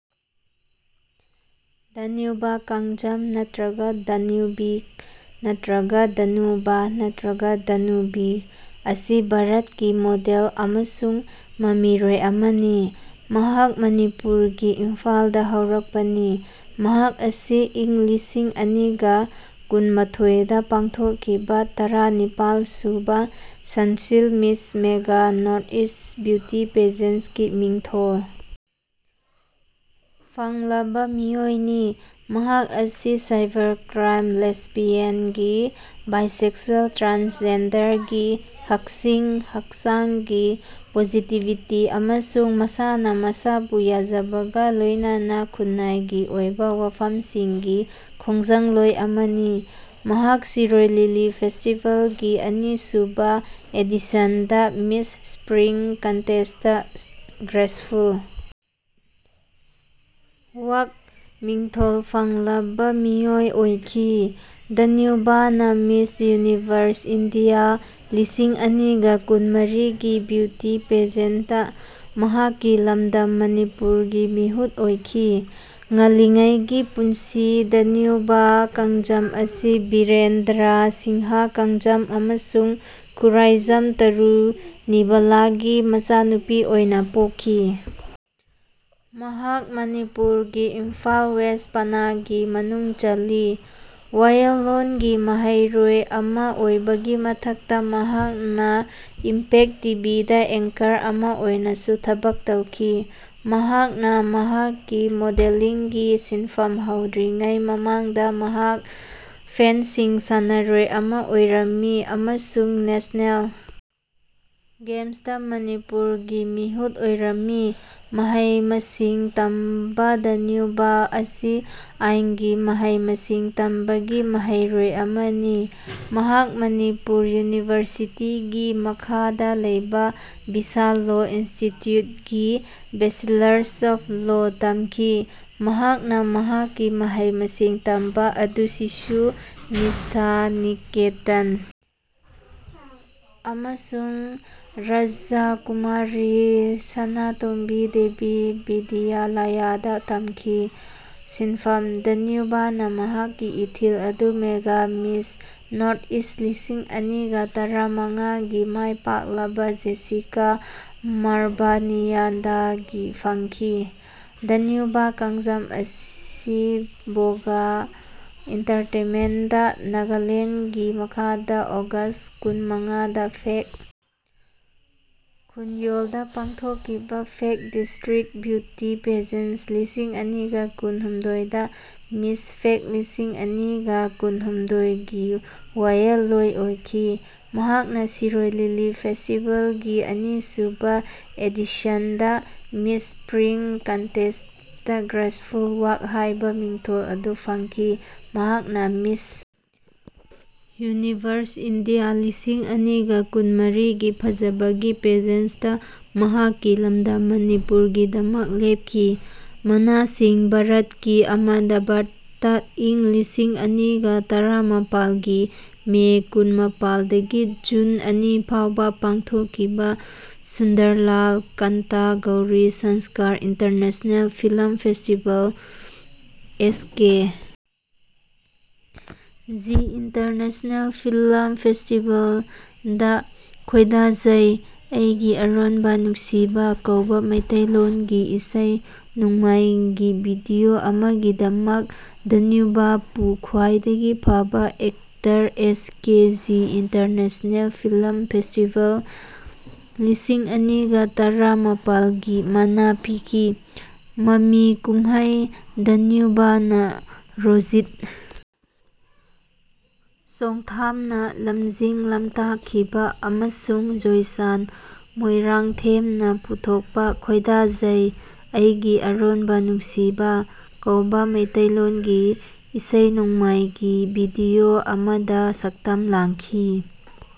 Danube Kangjam (ꯅꯠꯇ꯭ꯔꯒ ꯗꯥꯅ꯭ꯌꯨꯕꯤ ꯅꯠꯇ꯭ꯔꯒ ꯗꯥꯅꯨꯕ ꯅꯠꯇ꯭ꯔꯒ ꯗꯥꯅꯨꯕꯤ) ꯑꯁꯤ ꯚꯥꯔꯠꯀꯤ ꯃꯣꯗꯦꯜ ꯑꯃꯁꯨꯡ ꯃꯃꯤꯔꯣꯏ ꯑꯃꯅꯤ꯫ ꯃꯍꯥꯛ ꯃꯅꯤꯄꯨꯔꯒꯤ ꯏꯝꯐꯥꯜꯗ ꯍꯧꯔꯛꯄꯅꯤ꯫ ꯃꯍꯥꯛ ꯑꯁꯤ ꯏꯪ ꯂꯤꯁꯤꯡ ꯑꯅꯤꯒ ꯀꯨꯟꯃꯥꯊꯣꯏꯗ ꯄꯥꯡꯊꯣꯛꯈꯤꯕ ꯇꯔꯥꯅꯤꯄꯥꯜꯁꯨꯕ Sunsilk Miss Mega Northeast beauty ꯄꯦꯖꯦꯟꯀꯤ ꯃꯤꯡꯊꯣꯜ ꯐꯪꯂꯕ ꯃꯤꯑꯣꯏꯅꯤ꯫ ꯃꯍꯥꯛ ꯑꯁꯤ cyber crime, lesbian gay bisexual ꯇ꯭ꯔꯥꯟꯁꯖꯦꯟꯗꯔꯒꯤ ꯍꯛꯁꯤꯡ, ꯍꯛꯆꯥꯡꯒꯤ ꯄꯣꯖꯤꯇꯤꯚꯤꯇꯤ ꯑꯃꯁꯨꯡ ꯃꯁꯥꯅ ꯃꯁꯥꯕꯨ ꯌꯥꯖꯕꯒ ꯂꯣꯏꯅꯅ ꯈꯨꯟꯅꯥꯏꯒꯤ ꯑꯣꯏꯕ ꯋꯥꯐꯝꯁꯤꯡꯒꯤ ꯈꯣꯡꯖꯪꯂꯣꯏ ꯑꯃꯅꯤ꯫ ꯃꯍꯥꯛ ꯁꯤꯔꯨꯏ ꯂꯤꯂꯤ ꯐꯦꯁꯇꯤꯕꯦꯜꯒꯤ ꯑꯅꯤꯁꯨꯕ ꯑꯦꯗꯤꯁꯟꯗ Miss spring contest "graceful walk" ꯃꯤꯡꯊꯣꯜ ꯐꯪꯂꯕ ꯃꯤꯑꯣꯏ ꯑꯣꯏꯈꯤ꯫ ꯗꯥꯅ꯭ꯌꯨꯕꯅ ꯃꯤꯁ ꯌꯨꯅꯤꯚꯔꯁ ꯏꯟꯗꯤꯌꯥ ꯂꯤꯁꯤꯡ ꯑꯅꯤꯒ ꯀꯨꯟꯃꯔꯤꯒꯤ ꯕ꯭ꯌꯨꯇꯤ ꯄꯦꯖꯦꯟꯠꯇ ꯃꯍꯥꯛꯀꯤ ꯂꯝꯗꯝ ꯃꯅꯤꯄꯨꯔꯒꯤ ꯃꯤꯍꯨꯠ ꯑꯣꯏꯈꯤ꯫ ꯉꯜꯂꯤꯉꯩꯒꯤ ꯄꯨꯟꯁꯤ ꯗꯥꯅ꯭ꯌꯨꯕ ꯀꯥꯡꯖꯝ ꯑꯁꯤ ꯕꯤꯔꯦꯟꯗ꯭ꯔꯥ ꯁꯤꯡꯍ ꯀꯥꯡꯖꯝ ꯑꯃꯁꯨꯡ ꯈꯨꯔꯥꯏꯖꯝ ꯇꯔꯨꯅꯤꯕꯥꯂꯥꯒꯤ ꯃꯆꯥꯅꯨꯄꯤ ꯑꯣꯏꯅ ꯄꯣꯛꯈꯤ꯫ ꯃꯍꯥꯛ ꯃꯅꯤꯄꯨꯔꯒꯤ ꯏꯝꯐꯥꯜ ꯋꯦꯁ ꯄꯅꯥꯒꯤ ꯃꯅꯨꯡ ꯆꯜꯂꯤ꯫ ꯋꯥꯌꯦꯜꯂꯣꯟꯒꯤ ꯃꯍꯩꯔꯣꯏ ꯑꯃ ꯑꯣꯏꯕꯒꯤ ꯃꯊꯛꯇ, ꯃꯍꯥꯛꯅ ꯏꯝꯄꯦꯛ ꯇꯤꯚꯤꯗ ꯑꯦꯡꯀꯔ ꯑꯃ ꯑꯣꯏꯅꯁꯨ ꯊꯕꯛ ꯇꯧꯈꯤ꯫ ꯃꯍꯥꯛꯅ ꯃꯍꯥꯛꯀꯤ ꯃꯣꯗꯦꯂꯤꯡꯒꯤ ꯁꯤꯟꯐꯝ ꯍꯧꯗ꯭ꯔꯤꯉꯩ ꯃꯃꯥꯡꯗ ꯃꯍꯥꯛ ꯐꯦꯟꯁꯤꯡ ꯁꯥꯟꯅꯔꯣꯏ ꯑꯃ ꯑꯣꯏꯔꯝꯃꯤ ꯑꯃꯁꯨꯡ ꯅꯦꯁꯅꯦꯜ ꯒꯦꯝꯁꯇ ꯃꯅꯤꯄꯨꯔꯒꯤ ꯃꯤꯍꯨꯠ ꯑꯣꯏꯔꯝꯃꯤ꯫ ꯃꯍꯩ-ꯃꯁꯤꯡ ꯇꯝꯕ ꯗꯥꯅ꯭ꯌꯨꯕ ꯑꯁꯤ ꯑꯥꯏꯟꯒꯤ ꯃꯍꯩ-ꯃꯁꯤꯡ ꯇꯝꯕꯒꯤ ꯃꯍꯩꯔꯣꯏ ꯑꯃꯅꯤ꯫ ꯃꯍꯥꯛ ꯃꯅꯤꯄꯨꯔ ꯌꯨꯅꯤꯚꯔꯁꯤꯇꯤꯒꯤ ꯃꯈꯥꯗ ꯂꯩꯕ ꯕꯤꯁꯥꯜ ꯂꯣ ꯏꯟꯁꯇꯤꯇ꯭ꯌꯨꯠꯇꯒꯤ ꯕꯦꯆꯦꯂꯔꯁ ꯑꯣꯐ ꯂꯣ ꯇꯝꯈꯤ꯫ ꯃꯍꯥꯛꯅ ꯃꯍꯥꯛꯀꯤ ꯃꯍꯩ-ꯃꯁꯤꯡ ꯇꯝꯕ ꯑꯗꯨ ꯁꯤꯁꯨ ꯅꯤꯁ꯭ꯊꯥ ꯅꯤꯀꯦꯇꯟ ꯑꯃꯁꯨꯡ ꯔꯥꯖꯀꯨꯃꯥꯔꯤ ꯁꯅꯥꯇꯣꯝꯕꯤ ꯗꯦꯕꯤ ꯕꯤꯗ꯭ꯌꯥꯂꯌꯥꯗ ꯇꯝꯈꯤ꯫ ꯁꯤꯟꯐꯝ: ꯗꯥꯅ꯭ꯌꯨꯕꯅ ꯃꯍꯥꯛꯀꯤ ꯏꯊꯤꯜ ꯑꯗꯨ ꯃꯦꯒꯥ ꯃꯤꯁ ꯅꯣꯔꯠ ꯏ꯭ꯁꯠ ꯂꯤꯁꯤꯡ ꯑꯅꯤꯒ ꯇꯔꯥꯃꯉꯥꯒꯤ ꯃꯥꯏꯄꯥꯛꯂꯕ ꯖꯦꯁꯤꯀꯥ ꯃꯥꯔꯕꯥꯅꯤꯌꯟꯗꯒꯤ ꯐꯪꯈꯤ꯫ ꯗꯥꯅ꯭ꯌꯨꯕ ꯀꯥꯡꯖꯝ ꯑꯁꯤ ꯚꯣꯒ ꯑꯦꯟꯇꯔꯇꯦꯟꯃꯦꯟꯇ ꯅꯥꯒꯥꯂꯦꯟ ꯒꯤ ꯃꯈꯥꯗ ꯑꯣꯒꯁꯠ ꯀꯨꯟꯃꯉꯥꯗ ꯐꯦꯛ ꯈꯨꯟꯌꯣꯜꯗ ꯄꯥꯡꯊꯣꯛꯈꯤꯕ ꯐꯦꯛ ꯗꯤꯁꯇ꯭ꯔꯤꯛ ꯕ꯭ꯌꯨꯇꯤ ꯄꯦꯖꯦꯟ ꯂꯤꯁꯤꯡ ꯑꯅꯤꯒ ꯀꯨꯟꯍꯨꯝꯗꯣꯏꯗ ꯃꯤꯁ ꯐꯦꯛ ꯂꯤꯁꯤꯡ ꯑꯅꯤꯒ ꯀꯨꯟꯍꯨꯝꯗꯣꯏꯒꯤ ꯋꯥꯌꯦꯜꯂꯣꯏ ꯑꯣꯏꯈꯤ꯫ ꯃꯍꯥꯛꯅ ꯁꯤꯔꯨꯏ ꯂꯤꯂꯤ ꯐꯦꯁꯇꯤꯕꯦꯜꯒꯤ ꯑꯅꯤꯁꯨꯕ ꯑꯦꯗꯤꯁꯟꯗ Miss spring contest "graceful walk" ꯍꯥꯏꯕ ꯃꯤꯡꯊꯣꯜ ꯑꯗꯨ ꯐꯪꯈꯤ꯫ ꯃꯍꯥꯛꯅ ꯃꯤꯁ ꯌꯨꯅꯤꯚꯔꯁ ꯏꯟꯗꯤꯌꯥ ꯂꯤꯁꯤꯡ ꯑꯅꯤꯒ ꯀꯨꯟꯃꯔꯤꯒꯤ ꯐꯖꯕꯒꯤ ꯄꯦꯖꯦꯟꯇ ꯃꯍꯥꯛꯀꯤ ꯂꯝꯗꯝ ꯃꯅꯤꯄꯨꯔꯒꯤꯗꯃꯛ ꯂꯦꯞꯈꯤ꯫ ꯃꯅꯥꯁꯤꯡ ꯚꯥꯔꯠꯀꯤ ꯑꯍꯃꯗꯕꯥꯗꯇ ꯏꯪ ꯂꯤꯁꯤꯡ ꯑꯅꯤꯒ ꯇꯔꯥꯃꯥꯄꯜꯒꯤ ꯃꯦ ꯀꯨꯟꯃꯥꯄꯜꯗꯒꯤ ꯖꯨꯟ ꯑꯅꯤ ꯐꯥꯎꯕ ꯄꯥꯡꯊꯣꯛꯈꯤꯕ Sundarlal Kanta Gauri Shankar international film festival (S K G international film ꯐꯦꯁꯇꯤꯕꯦꯜ)ꯗ "ꯈꯣꯏꯗꯥꯖꯩ (ꯑꯩꯒꯤ ꯑꯔꯣꯟꯕ ꯅꯨꯡꯁꯤꯕ)" ꯀꯧꯕ ꯃꯩꯇꯩ ꯂꯣꯟꯒꯤ ꯏꯁꯩ-ꯅꯣꯡꯃꯥꯏꯒꯤ ꯚꯤꯗꯤꯑꯣ ꯑꯃꯒꯤꯗꯃꯛ ꯗꯥꯅ꯭ꯌꯨꯕꯄꯨ ꯈ꯭ꯋꯥꯏꯗꯒꯤ ꯐꯕ actor S K G international film festival -ꯂꯤꯁꯤꯡ ꯑꯅꯤꯒꯥ ꯇꯔꯥꯃꯥꯄꯜꯒꯤ ꯃꯅꯥ ꯄꯤꯈꯤ꯫ ꯃꯃꯤ ꯀꯨꯝꯍꯩ ꯗꯥꯅ꯭ꯌꯨꯕꯅ ꯔꯣꯖꯤꯠ ꯆꯣꯡꯊꯥꯝꯅ ꯂꯝꯖꯤꯡ-ꯂꯝꯇꯥꯛꯈꯤꯕ ꯑꯃꯁꯨꯡ ꯖꯣꯏꯆꯥꯟ ꯃꯣꯏꯔꯥꯡꯊꯦꯝꯅ ꯄꯨꯊꯣꯛꯄ "ꯈꯣꯏꯗꯥꯖꯩ (ꯑꯩꯒꯤ ꯑꯔꯣꯟꯕ ꯅꯨꯡꯁꯤꯕ)" ꯀꯧꯕ ꯃꯩꯇꯩ ꯂꯣꯟꯒꯤ ꯏꯁꯩ-ꯅꯣꯡꯃꯥꯏꯒꯤ ꯚꯤꯗꯤꯑꯣ ꯑꯃꯗ ꯁꯛꯇꯝ ꯂꯥꯡꯈꯤ꯫